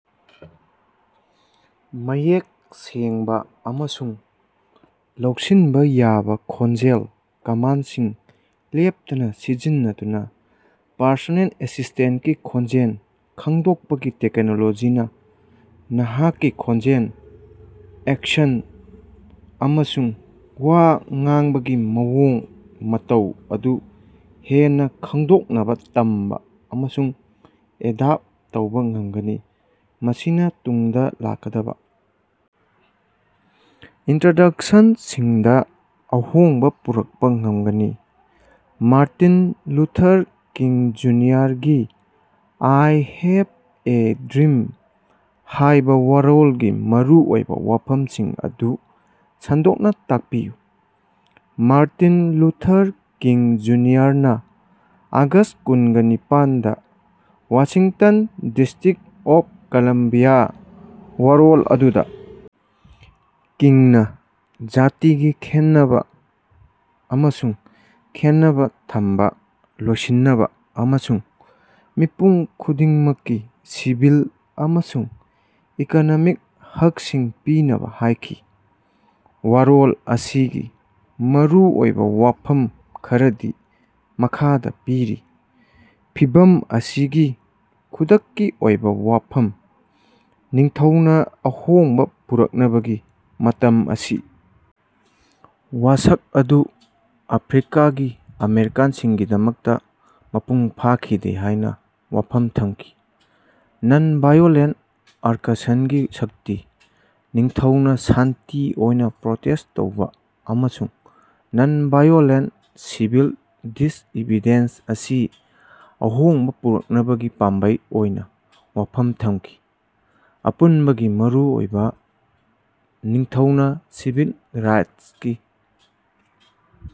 ꯃꯌꯦꯛ ꯁꯦꯡꯕ ꯑꯃꯁꯨꯡ ꯂꯧꯁꯤꯟꯕ ꯌꯥꯕ ꯈꯣꯟꯖꯦꯜ ꯀꯃꯥꯟꯗꯁꯤꯡ ꯂꯦꯞꯇꯅ ꯁꯤꯖꯤꯟꯅꯗꯨꯅ ꯄꯔꯁꯣꯅꯦꯜ ꯑꯦꯁꯤꯁꯇꯦꯟꯇꯀꯤ ꯈꯣꯟꯖꯦꯜ ꯈꯪꯗꯣꯛꯄꯒꯤ ꯇꯦꯛꯅꯣꯂꯣꯖꯤꯅ ꯅꯍꯥꯛꯀꯤ ꯈꯣꯟꯖꯦꯜ, ꯑꯦꯛꯁꯦꯟꯇ ꯑꯃꯁꯨꯡ ꯋꯥ ꯉꯥꯡꯕꯒꯤ ꯃꯑꯣꯡ ꯃꯇꯧ ꯑꯗꯨ ꯍꯦꯟꯅ ꯈꯡꯗꯣꯛꯅꯕ ꯇꯝꯕ ꯑꯃꯁꯨꯡ ꯑꯦꯗꯥꯞ ꯇꯧꯕ ꯉꯝꯒꯅꯤ꯫ ꯃꯁꯤꯅ ꯇꯨꯡꯗ ꯂꯥꯛꯀꯗꯕ ꯏꯟꯇ꯭ꯔꯗꯛꯁꯟꯁꯤꯡꯗ ꯑꯍꯣꯡꯕ ꯄꯨꯔꯛꯄ ꯉꯝꯒꯅꯤ꯫ ꯃꯥꯔꯇꯤꯟ ꯂꯨꯊꯔ ꯀꯤꯡ, ꯖꯨꯅꯤꯌꯔꯒꯤ "ꯑꯥꯏ ꯍꯦꯚ ꯑꯦ ꯗ꯭ꯔꯤꯝ" ꯍꯥꯏꯕ ꯋꯥꯔꯣꯜꯒꯤ ꯃꯔꯨꯑꯣꯏꯕ ꯋꯥꯐꯝꯁꯤꯡ ꯑꯗꯨ ꯁꯟꯗꯣꯛꯅ ꯇꯥꯛꯄꯤꯌꯨ꯫ ꯃꯥꯔꯇꯤꯟ ꯂꯨꯊꯔ ꯀꯤꯡ ꯖꯨꯅꯤꯌꯔꯅ ꯑꯥꯒꯁꯠ ꯀꯨꯟꯒ ꯅꯤꯄꯥꯜ ꯗꯥ ꯋꯥꯁꯤꯡꯇꯟ ꯗꯤꯁꯇꯔ꯭ꯤꯛ ꯑꯣꯐ ꯀꯂꯝꯕꯤꯌꯥ ꯋꯥꯔꯣꯜ ꯑꯗꯨꯗ ꯀꯤꯡꯅ ꯖꯥꯇꯤꯒꯤ ꯈꯦꯟꯅꯕ ꯑꯃꯁꯨꯡ ꯈꯦꯟꯅꯕ ꯊꯝꯕ ꯂꯣꯏꯁꯤꯟꯅꯕ, ꯑꯃꯁꯨꯡ ꯃꯤꯄꯨꯝ ꯈꯨꯗꯤꯡꯃꯛꯀꯤ ꯁꯤꯚꯤꯜ ꯑꯃꯁꯨꯡ ꯏꯀꯣꯅꯣꯃꯤꯛ ꯍꯛꯁꯤꯡ ꯄꯤꯅꯕ ꯍꯥꯏꯈꯤ꯫ ꯋꯥꯔꯣꯜ ꯑꯁꯤꯒꯤ ꯃꯔꯨꯑꯣꯏꯕ ꯋꯥꯐꯝ ꯈꯔꯗꯤ ꯃꯈꯥꯗ ꯄꯤꯔꯤ: ꯐꯤꯚꯝ ꯑꯁꯤꯒꯤ ꯈꯨꯗꯛꯀꯤ ꯑꯣꯏꯕ ꯋꯥꯐꯝ: ꯅꯤꯡꯊꯧꯅ ꯑꯍꯣꯡꯕ ꯄꯨꯔꯛꯅꯕꯒꯤ ꯃꯇꯝ ꯑꯁꯤ ꯋꯥꯁꯛ ꯑꯗꯨ ꯑꯐ꯭ꯔꯤꯀꯥꯒꯤ ꯑꯃꯦꯔꯤꯀꯥꯟꯁꯤꯡꯒꯤꯗꯃꯛꯇ ꯃꯄꯨꯡ ꯐꯥꯈꯤꯗꯦ ꯍꯥꯏꯅ ꯋꯥꯐꯝ ꯊꯝꯈꯤ꯫ ꯅꯟ-ꯚꯥꯏꯑꯣꯂꯦꯟꯇ ꯑꯥꯔꯀꯁꯟꯒꯤ ꯁꯛꯇꯤ: ꯅꯤꯡꯊꯧꯅ ꯁꯥꯟꯇꯤ ꯑꯣꯏꯅ ꯄ꯭ꯔꯣꯇꯦꯁꯠ ꯇꯧꯕ ꯑꯃꯁꯨꯡ ꯅꯟ-ꯚꯥꯏꯑꯣꯂꯦꯟꯇ ꯁꯤꯚꯤꯜ ꯗꯤꯁꯏꯕꯦꯗꯤꯌꯦꯟꯁ ꯑꯁꯤ ꯑꯍꯣꯡꯕ ꯄꯨꯔꯛꯅꯕꯒꯤ ꯄꯥꯝꯕꯩ ꯑꯣꯏꯅ ꯋꯥꯐꯝ ꯊꯝꯈꯤ꯫ ꯑꯄꯨꯟꯕꯒꯤ ꯃꯔꯨꯑꯣꯏꯕ: ꯅꯤꯡꯊꯧꯅ ꯁꯤꯚꯤꯜ ꯔꯥꯏꯠꯁꯀꯤ